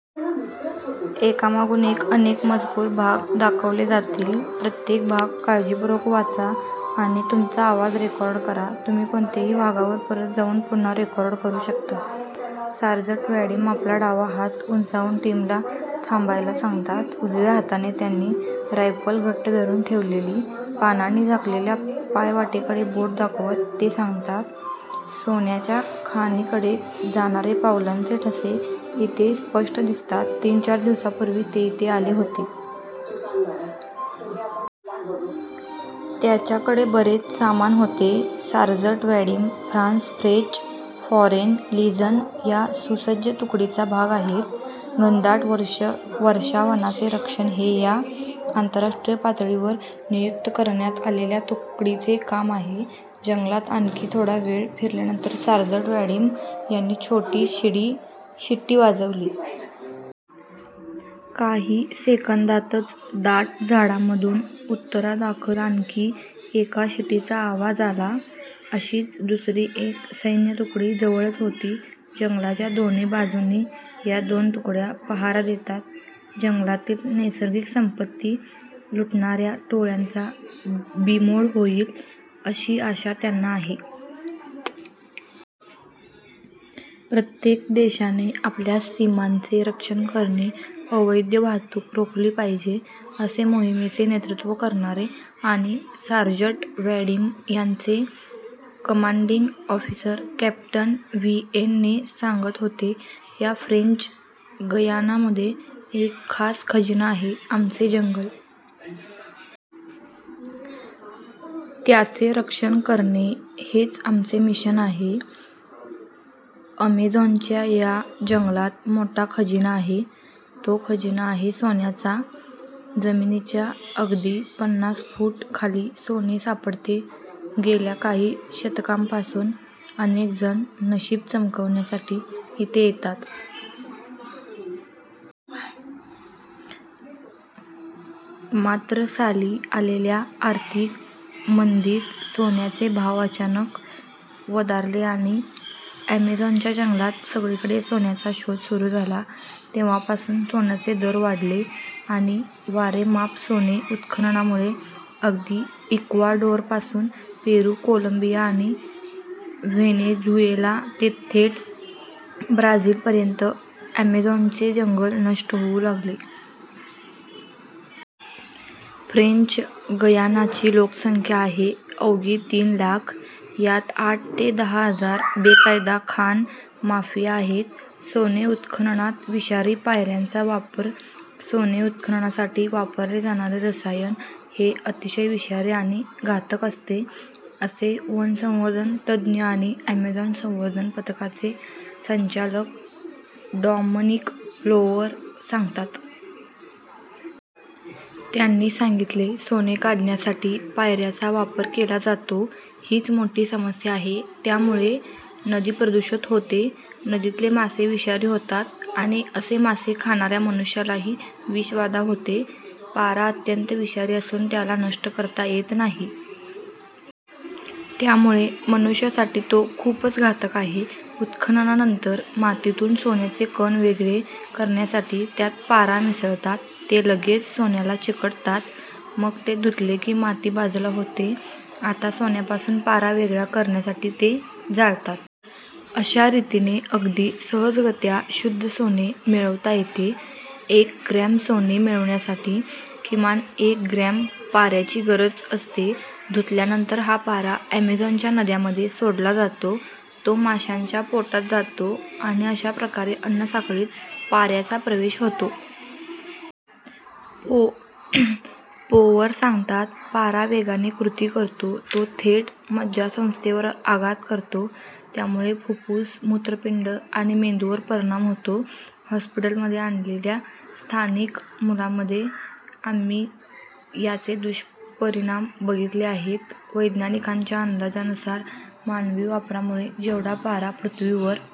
Sergeant Vadim आपला डावा हात उंचावून टीमला थांबायला सांगतात. उजव्या हाताने त्यांनी रायफल घट्ट धरून ठेवलेली. पानांनी झाकलेल्या पायवाटेकडे बोट दाखवत ते सांगतात, "सोन्याच्या खाणींकडे जाणारे पावलांचे ठसे इथे स्पष्ट दिसतात. तीन-चार दिवसांपूर्वी ते इथे आले होते. त्यांच्याकडे बरेच सामान होते." Sergeant Vadim France 'French foreign legion' या सुसज्ज तुकडीचा भाग आहेत. घनदाट वर्षावनाचे रक्षण हे या आंतरराष्ट्रीय पातळीवर नियुक्त करण्यात आलेल्या तुकडीचे काम आहे. जंगलात आणखी थोडा वेळ फिरल्यानंतर सार्जंट वॅडिम यांनी छोटी शिटी वाजवली. काही सेकंदांतच दाट झाडांमधून उत्तरादाखल आणखी एका शिटीचा आवाज आला. अशीच दुसरी एक सैन्यतुकडी जवळच होती. जंगलाच्या दोन्ही बाजूंनी या दोन तुकड्या पहारा देतात. जंगलातली नैसर्गिक संपत्ती लुटणाऱ्या टोळ्यांचा बीमोड होईल, अशी आशा त्यांना आहे. "प्रत्येक देशाने आपल्या सीमांचे रक्षण करून अवैध वाहतूक रोखली पाहिजे," असे मोहिमेचे नेतृत्व करणारे आणि सार्जंट वॅडिम यांचे कमांडिंग ऑफिसर कॅप्टन व्हिएने सांगत होते. "या फ्रेंच गयानामध्ये एक खास खजिना आहे. आमचे जंगल. त्याचे रक्षण करणे हेच आमचे मिशन आहे." अमेझॉनच्या या जंगलात मोठा खजिना आहे. तो खजिना आहे सोन्याचा. जमिनीच्या अगदी पन्नास फूट खाली सोने सापडते. गेल्या काही शतकांपासून अनेक जण नशीब चमकवण्यासाठी इथे येतात. मात्र साली आलेल्या आर्थिक mंदीत सोन्याचे भाव अचानक वधारले आणि ॲमेझॉनच्या जंगलात सगळीकडे सोन्याचा शोध सुरू झाला. तेव्हापासून सोन्याचे दर वाढले आणि वारेमाप सोने उत्खननामुळे अगदी इक्वाडोरपासून पेरू, कोलंबिया आणि व्हेनेझुएला ते थेट ब्राझीलपर्यंत ॲमेझॉनचे जंगल नष्ट होऊ लागले. फ्रेंच गयानाची लोकसंख्या आहे अवघी तीन लाख. यात आठ ते दहा हजार बेकायदा खाण माफिया आहेत. सोने उत्खननात विषारी पाऱ्याचा वापर - सोने उत्खननासाठी वापरले जाणारे रसायन हे अतिशय विषारी आणि घातक असते, असे वनसंवर्धन तज्ज्ञ आणि ॲमेझॉन संवर्धन पथकाचे संचालक डॉमनिक प्लोवर सांगतात. त्यांनी सांगितले, "सोने काढण्यासाठी पाऱ्याचा वापर केला जातो. हीच मोठी समस्या आहे. यामुळे नदी प्रदूषित होते. नदीतले मासे विषारी होतात आणि असे मासे खाणाऱ्या मनुष्यालाही विषबाधा होते." पारा अत्यंत विषारी असून त्याला नष्ट करता येत नाही. त्यामुळे मनुष्यासाठी तो खूपच घातक आहे. उत्खननानंतर मातीतून सोन्याचे कण वेगळे करण्यासाठी त्यात पारा मिसळतात. ते लगेच सोन्याला चिकटतात. मग ते धुतले की माती बाजूला होते. आता सोन्यापासून पारा वेगळा करण्यासाठी ते जाळतात. अशा रीतीने अगदी सहजगत्या शुद्ध सोने मिळवता येते. एक ग्रॅम सोने मिळवण्यासाठी किमान एक ग्रॅम पाऱ्याची गरज असते. धुतल्यानंतर हा पारा ॲमेझॉनच्या नद्यांमध्ये सोडला जातो. तो माशांच्या पोटात जातो आणि अशा प्रकारे अन्नसाखळीत पाऱ्याचा प्रवेश होतो. पोवर सांगतात, "पारा वेगाने कृती करतो. तो थेट मज्जासंस्थेवर आघात करतो. त्यामुळे फुप्फुस, मूत्रपिंड आणि मेंदूवर परिणाम होतो. हॉस्पिटलमध्ये आणलेल्या स्थानिक मुलांमध्ये आम्ही याचे दुष्परिणाम बघितले आहेत." वैज्ञानिकांच्या अंदाजानुसार मानवी वापरामुळे जेवढा पारा पृथ्वीवर